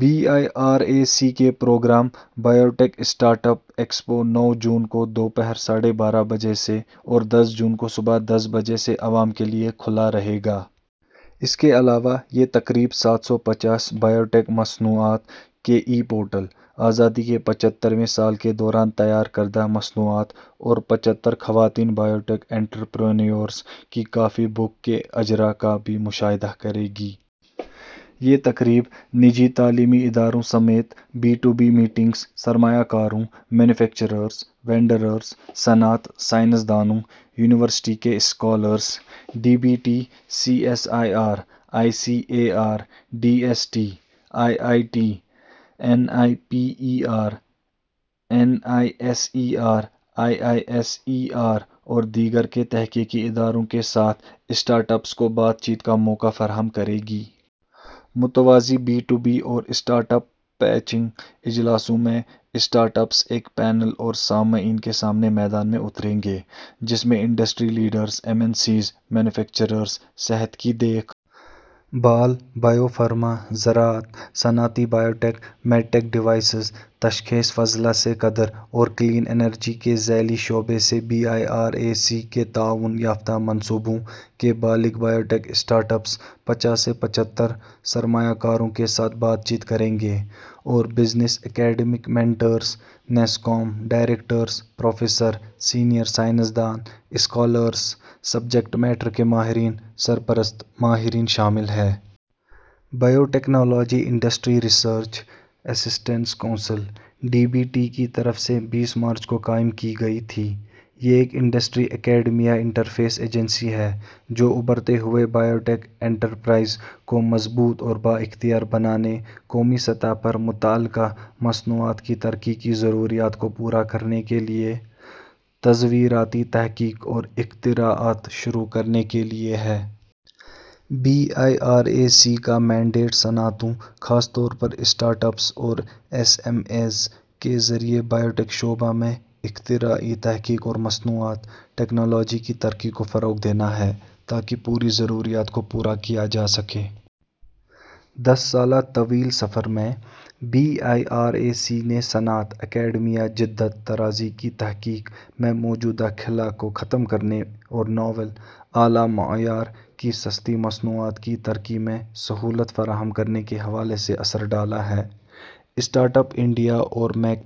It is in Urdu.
Be I R A C کے programme biotech startup expo نو جون کو دوپہر ساڑھے بارہ بجے سے اور دس جون کو صبح دس بجے سے عوام کے لیے کھلا رہے گا۔ اس کے علاوہ، یہ تقریب سات سو پچاس بائیوٹیک مصنوعات کے ای پورٹل، آزادی کے پچھتر ویں سال کے دوران تیار کردہ مصنوعات اور پچھتر خواتین بایوٹیک انٹرپرینیورز کی کافی بک کے اجراء کا بھی مشاہدہ کرے گی۔ یہ تقریب، نجی تعلیمی اداروں سمیت بی ٹو بی میٹنگز، سرمایہ کاروں، مینوفیکچررز، وینڈرز، صنعت، سائنسدانوں، یونیورسٹیوں کے scholars, D B T, C S I R, I C A R, D S T, I I T, N I P E R, N I S E R, I I S E R اور دیگر کے تحقیقی اداروں کے ساتھ اسٹارٹ اپس کو بات چیت کا موقع فراہم کرے گی۔ متوازی بی ٹو بی اور اسٹارٹ اپ پیچنگ اجلاسوں میں، اسٹارٹ اپس ایک پینل اور سامعین کے سامنے میدان میں اتریں گے جس میں industry leaders, M N Cs, manufacturers, صحت کی دیکھ بھال، بائیو فارما، زراعت، صنعتی بائیوٹیک، میڈٹیک ڈیوائسز، تشخیص، فضلہ سے قدر اور کلین انرجی کے ذیلی شعبے سے be I R A C کے تعاون یافتہ منصوبوں کے بالغ بائیوٹیک اسٹارٹ اپس پچاس سے پچھتر سرمایہ کاروں کے ساتھ بات چیت کریں گے اور business academic mentors, NASSCOM, directors, professor, senior science دان، اسکالرز، سبجیکٹ میٹرز کے ماہرین، سرپرست، ماہرین شامل ہیں۔ Biotechnology industry research assistance council, D B T کی طرف سے بیس مارچ کو قائم کی گئی تھی۔ یہ ایک انڈسٹری-اکیڈمیا انٹرفیس ایجنسی ہے جو ابھرتے ہوئے بائیوٹیک انٹرپرائز کو مضبوط اور بااختیار بنانے، قومی سطح پر متعلقہ مصنوعات کی ترقی کی ضروریات کو پورا کرنے کے لیے، تزویراتی تحقیق اور اختراعات شروع کرنے کے لیے ہے۔ بی آئی آر اے سی کا مینڈیٹ صنعتوں، خاص طور پر اسٹارٹ اپس اور ایس ایم ایز کے ذریعے بائیوٹیک شعبہ میں اختراعی تحقیق اور مصنوعات/ٹیکنالوجی کی ترقی کو فروغ دینا ہے تاکہ پوری ضروریات کو پورا کیا جا سکے۔ دس سالہ طویل سفر میں، بی آئی آر اے سی نے صنعت-اکیڈمیا جدت طرازی کی تحقیق میں موجودہ خلا کو ختم کرنے اور ناول، اعلیٰ معیار کی سستی مصنوعات کی ترقی میں سہولت فراہم کرنے کے حوالے سے اثر ڈالا ہے۔ اسٹارٹ اپ انڈیا اور میک